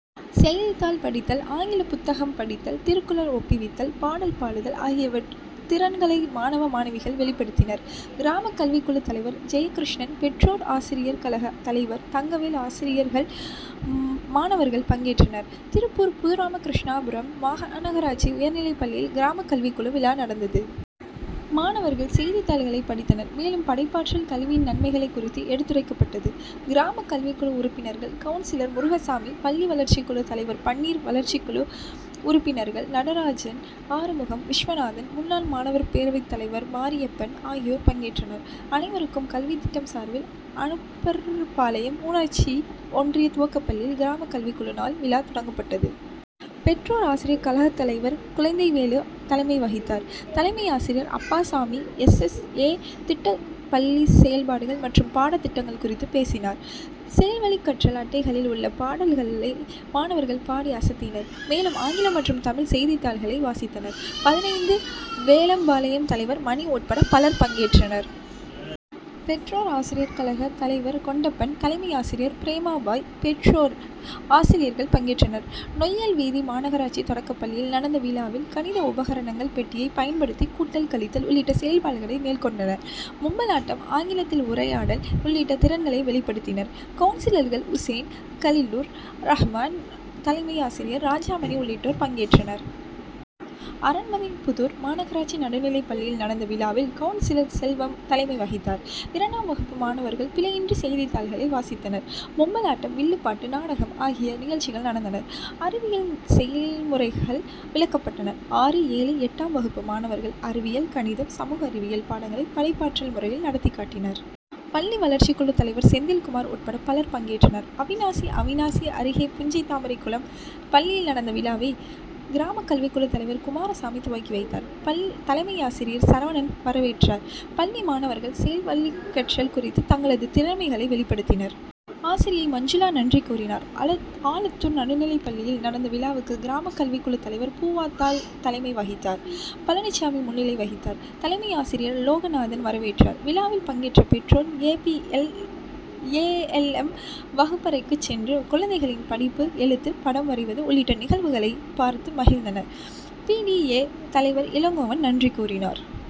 செய்தித்தாள் படித்தல், ஆங்கில புத்தகம் படித்தல், திருக்குறள் ஒப்புவித்தல், பாடல் பாடுதல் ஆகிய திறன்களை மாணவ, மாணவியர் வெளிப்படுத்தினர். கிராம கல்விக்குழு தலைவர் ஜெயகிருஷ்ணன், பெற்றோர் ஆசிரியர் கழக தலைவர் தங்கவேல், ஆசிரியர்கள், மாணவர்கள் பங்கேற்றனர். திருப்பூர் புதுராமகிருஷ்ணாபுரம் மாநகராட்சி உயர்நிலைப்பள்ளியில் கிராம கல்விக்குழு விழா நடந்தது. மாணவர்கள், செய்தித் தாள்களை படித்தனர். மேலும், படைப்பாற்றல் கல்வியின் நன்மைகள் குறித்து எடுத்துரைக்கப்பட்டது. கிராம கல்விக்குழு உறுப்பினர்கள், கவுன்சிலர் முருகசாமி, பள்ளி வளர்ச்சி குழு தலைவர் பன்னீர், வளர்ச்சிக்குழு உறுப்பினர்கள் நடராஜன், ஆறுமுகம், விஸ்வநாதன், முன்னாள் மாணவர் பேரவை தலைவர் மாரியப்பன் ஆகியோர் பங்கேற்றனர். அனைவருக்கும் கல்வித்திட்டம் சார்பில் அனுப்பர்பாளையம் ஊராட்சி ஒன்றிய துவக்கப்பள்ளியில் கிராம கல்விக்குழு நாள் விழா கொண்டாடப்பட்டது. பெற்றோர் ஆசிரிய கழகத்தலைவர் குழந்தைவேலு தலைமை வகித்தார். தலைமை ஆசிரியர் அப்பாசாமி, எஸ். எஸ். ஏ., திட்ட பள்ளி செயல்பாடுகள் மற்றும் பாடத்திட்டங்கள் குறித்து பேசினார். செயல்வழிக்கற்றல் அட்டைகளில் உள்ள பாடல்களை மாணவர்கள் பாடி அசத்தினர். மேலும், ஆங்கிலம் மற்றும் தமிழ் செய்தித்தாள்களை வாசித்தனர். பதினைந்து வேலம்பாளையம் தலைவர் மணி உட்பட பலர் பங்கேற்றனர். பெற்றோர் ஆசிரியர் கழக தலைவர் கொண்டப்பன், தலைமை ஆசிரியர் பிரேமாபாய், பெற்றோர், ஆசிரியர்கள் பங்கேற்றனர். நொய்யல் வீதி மாநகராட்சி தொடக்கப்பள்ளியில் நடந்த விழாவில், கணித உபகரணங்கள் பெட்டியை பயன்படுத்தி கூட்டல், கழித்தல் உள்ளிட்ட செயல்பாடுகளை மேற்கொண்டனர். பொம்மலாட்டம், ஆங்கிலத்தில் உரையாடல் உள்ளிட்ட திறன்களை வெளிப்படுத்தினர். கவுன்சிலர்கள் உசேன், கலிலுர் ரகுமான், தலைமை ஆசிரியர் ராஜாமணி உள்ளிட்டோர் பங்கேற்றனர். அரண்மனைபுதூர் மாநகராட்சி நடுநிலைப்பள்ளியில் நடந்த விழாவில் கவுன்சிலர் செல்வம் தலைமை வகித்தார். இரண்டாம் வகுப்பு மாணவர்கள் பிழையின்றி செய்தித்தாள்களை வாசித்தனர். பொம்மலாட்டம், வில்லுப்பாட்டு, நாடகம் ஆகிய நிகழ்ச்சிகள் நடந்தன. அறிவியல் செய்முறைகள் விளக்கப்பட்டன. ஆறு, ஏழு, எட்டாம் வகுப்பு மாணவர்கள் அறிவியல், கணிதம், சமூக அறிவியல் பாடங்களை படைப்பாற்றல் முறையில் நடத்திக்காட்டினர். பள்ளி வளர்ச்சி குழு தலைவர் செந்தில்குமார் உட்பட பலர் பங்கேற்றனர். அவிநாசி அவிநாசி அருகே புஞ்சை தாமரைக்குளம் பள்ளியில் நடந்த விழாவை, கிராம கல்விக்குழு தலைவர் குமாரசாமி துவக்கி வைத்தார். தலைமையாசிரியர் சரவணன் வரவேற்றார். பள்ளி மாணவர்கள், செயல் வழிக்கற்றல் குறித்து தங்களது திறமைகளை வெளிப்படுத்தினர். ஆசிரியை மஞ்சுளா நன்றி கூறினார். ஆலத்தூர் நடுநிலைப்பள்ளியில் நடந்த விழாவுக்கு, கிராம கல்விக்குழு தலைவர் பூவாத்தாள் தலைமை வகித்தார். பழனிசாமி முன்னிலை வகித்தார். தலைமையாசிரியர் லோகநாதன் வரவேற்றார். விழாவில் பங்கேற்ற பெற்றோர், A. B. L., A. L. M., வகுப்பறைக்குச் சென்று, குழந்தைகளின் படிப்பு, எழுத்து, படம் வரைவது உள்ளிட்ட நிகழ்வுகளை பார்த்து மகிழ்ந்தனர். பி. டி. ஏ., தலைவர் இளங்கோவன் நன்றி கூறினார்.